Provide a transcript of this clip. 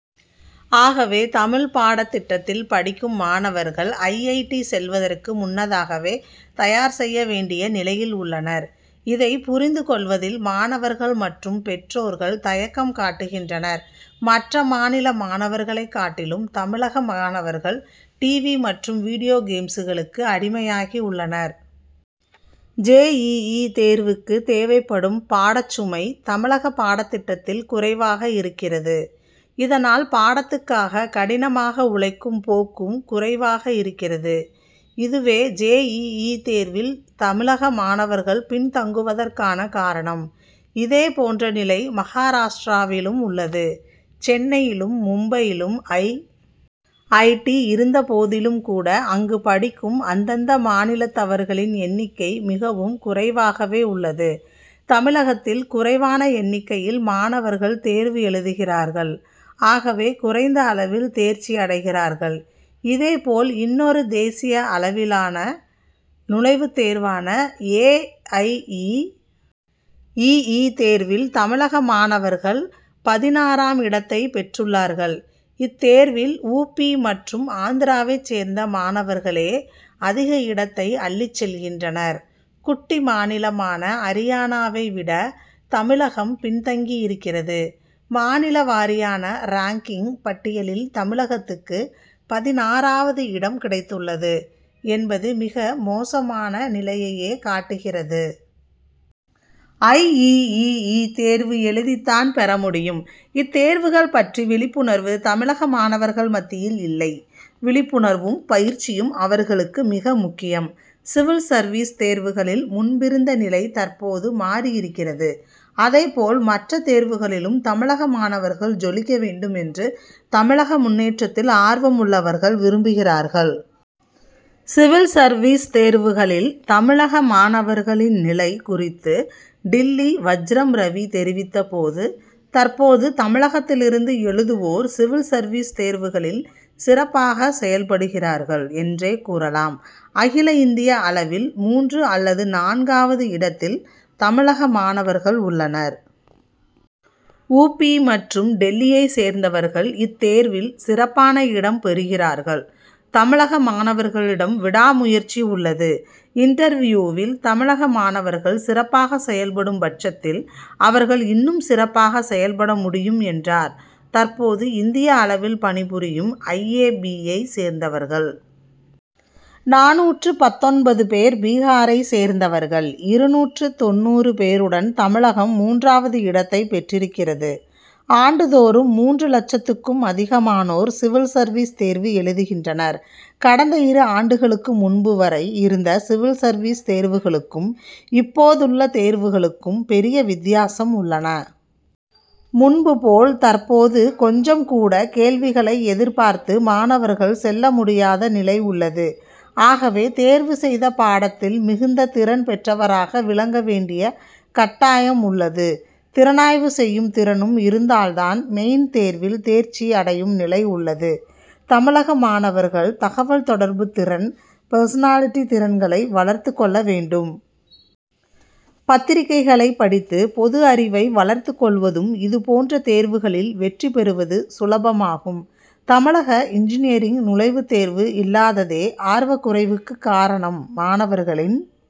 ஆகவே, தமிழக பாடத்திட்டத்தில் படிக்கும் மாணவர்கள், ஐ. ஐ. டி., செல்வதற்கு முன்னதாகவே தயார் செய்ய வேண்டிய நிலையில் உள்ளனர். இதை புரிந்து கொள்வதில் மாணவர்கள் மற்றும் பெற்றோர்கள் தயக்கம் காட்டுகின்றனர். மற்ற மாநில மாணவர்களைக் காட்டிலும் தமிழக மாணவர்கள் "டிவி' மற்றும் வீடியோ கேம்ஸ்களுக்கு அடிமையாகி உள்ளனர். ஜே. இ. இ., தேர்வுக்கு தேவைப்படும் பாடச் சுமை தமிழக பாடத்திட்டத்தில் குறைவாக இருக்கிறது. இதனால் பாடத்துக்காக கடினமாக உழைக்கும் போக்கும் குறைவாக இருக்கிறது. இதுவே ஜே. இ. இ., தேர்வில் தமிழக மாணவர்கள் பின்தங்குவதற்கான காரணம். இதே போன்ற நிலை மகாராஷ்டிராவிலும் உள்ளது. சென்னையிலும் மும்பையிலும் ஐ. ஐ. டி., இருந்த போதிலும் கூட, அங்கு படிக்கும் அந்தந்த மாநிலத்தவர்களின் எண்ணிக்கை மிகவும் குறைவாகவே உள்ளது. தமிழகத்தில் குறைவான எண்ணிக்கையில் மாணவர்கள் தேர்வு எழுதுகிறார்கள். ஆகவே குறைந்த அளவில் தேர்ச்சி அடைகிறார்கள். இதே போல், இன்னொரு தேசிய அளவிலானநுழைவுத் தேர்வான ஏ. ஐ. இ. இ. இ., தேர்வில் தமிழகமாணவர்கள் பதினாறாம் இடத்தைப் பெற்றுள்ளார்கள். இத்தேர்வில் உ. பி., மற்றும் ஆந்திராவைச் சேர்ந்த மாணவர்களே அதிக இடத்தை அள்ளிச் செல்கின்றனர். குட்டி மாநிலமான அரியானாவை விட தமிழகம் பின்தங்கியிருக்கிறது. மாநில வாரியான ரேங்கிங் பட்டியலில் தமிழகத்துக்கு பதினாறாவது இடம் கிடைத்துள்ளது என்பது மிக மோசமான நிலையையே காட்டுகிறது. ஐ. இ. இ. இ., தேர்வு எழுதித்தான் பெறமுடியும். இத்தேர்வுகள்பற்றி விழிப்புணர்வு தமிழக மாணவர்கள் மத்தியில் இல்லை. விழிப்புணர்வும் பயிற்சியும் அவர்களுக்கு மிக முக்கியம். சிவில் சர்வீஸ் தேர்வுகளில் முன்பிருந்த நிலை தற்போது மாறியிருக்கிறது. அதேபோல், மற்ற தேர்வுகளிலும் தமிழக மாணவர்கள் ஜொலிக்க வேண்டும் என்று தமிழக முன்னேற்றத்தில் ஆர்வம் உள்ளவர்கள் விரும்புகிறார்கள். சிவில் சர்வீஸ் தேர்வுகளில் தமிழக மாணவர்களின் நிலை குறித்து டில்லி வஜ்ரம் ரவி தெரிவித்த போது, தற்போது தமிழகத்திலிருந்து எழுதுவோர் சிவில் சர்வீஸ் தேர்வுகளில் சிறப்பாக செயல்படுகிறார்கள் என்றே கூறலாம். அகில இந்திய அளவில் மூன்று அல்லது நான்காவது இடத்தில் தமிழக மாணவர்கள் உள்ளனர். உ. பி., மற்றும் டில்லியை சேர்ந்தவர்கள் இத்தேர்வில் சிறப்பான இடம் பெறுகிறார்கள். தமிழக மாணவர்களிடம் விடா முயற்சி உள்ளது. இன்டர்வியூவில் தமிழக மாணவர்கள் சிறப்பாக செயல்படும் பட்சத்தில் அவர்கள் இன்னும் சிறப்பாக செயல்படமுடியும்' என்றார். தற்போது, இந்திய அளவில் பணிபுரியும் ஐ. ஏ. பி.,யை சேர்ந்தவர்கள். நானூற்று பத்தொன்பது பேர் பீகாரை சேர்ந்தவர்கள். இருநூற்று தொண்ணூறு பேருடன் தமிழகம் மூன்றாவது இடத்தைப் பெற்றிருக்கிறது. ஆண்டுதோறும் மூன்று லட்சத்துக்கும் அதிகமானோர் சிவில் சர்வீஸ் தேர்வு எழுதுகின்றனர். கடந்த இரு ஆண்டுகளுக்கு முன்பு வரை இருந்த சிவில் சர்வீஸ் தேர்வுகளுக்கும் இப்போதுள்ள தேர்வுகளுக்கும் பெரிய வித்தியாசம் உள்ளன. முன்பு போல், தற்போது கொஞ்சம் கூட, கேள்விகளை எதிர்பார்த்து மாணவர்கள் செல்ல முடியாத நிலை உள்ளது. ஆகவே, தேர்வு செய்த பாடத்தில் மிகுந்த திறன் பெற்றவராக விளங்க வேண்டிய கட்டாயம் உள்ளது. திறனாய்வு செய்யும்திறனும் இருந்தால்தான் மெயின் தேர்வில் தேர்ச்சி அடையும் நிலை உள்ளது. தமிழக மாணவர்கள் தகவல் தொடர்புத் திறன், பெர்சனாலிட்டி திறன்களை வளர்த்துக் கொள்ள வேண்டும். பத்திரிகைகளை படித்து பொது அறிவை வளர்த்துக் கொள்வதும் இதுபோன்ற தேர்வுகளில் வெற்றிபெறுவது சுலபமாகும். தமிழக இன்ஜினியரிங் நுழைவுத் தேர்வு இல்லாததே ஆர்வக்குறைவுக்கு காரணம் மாணவர்களின்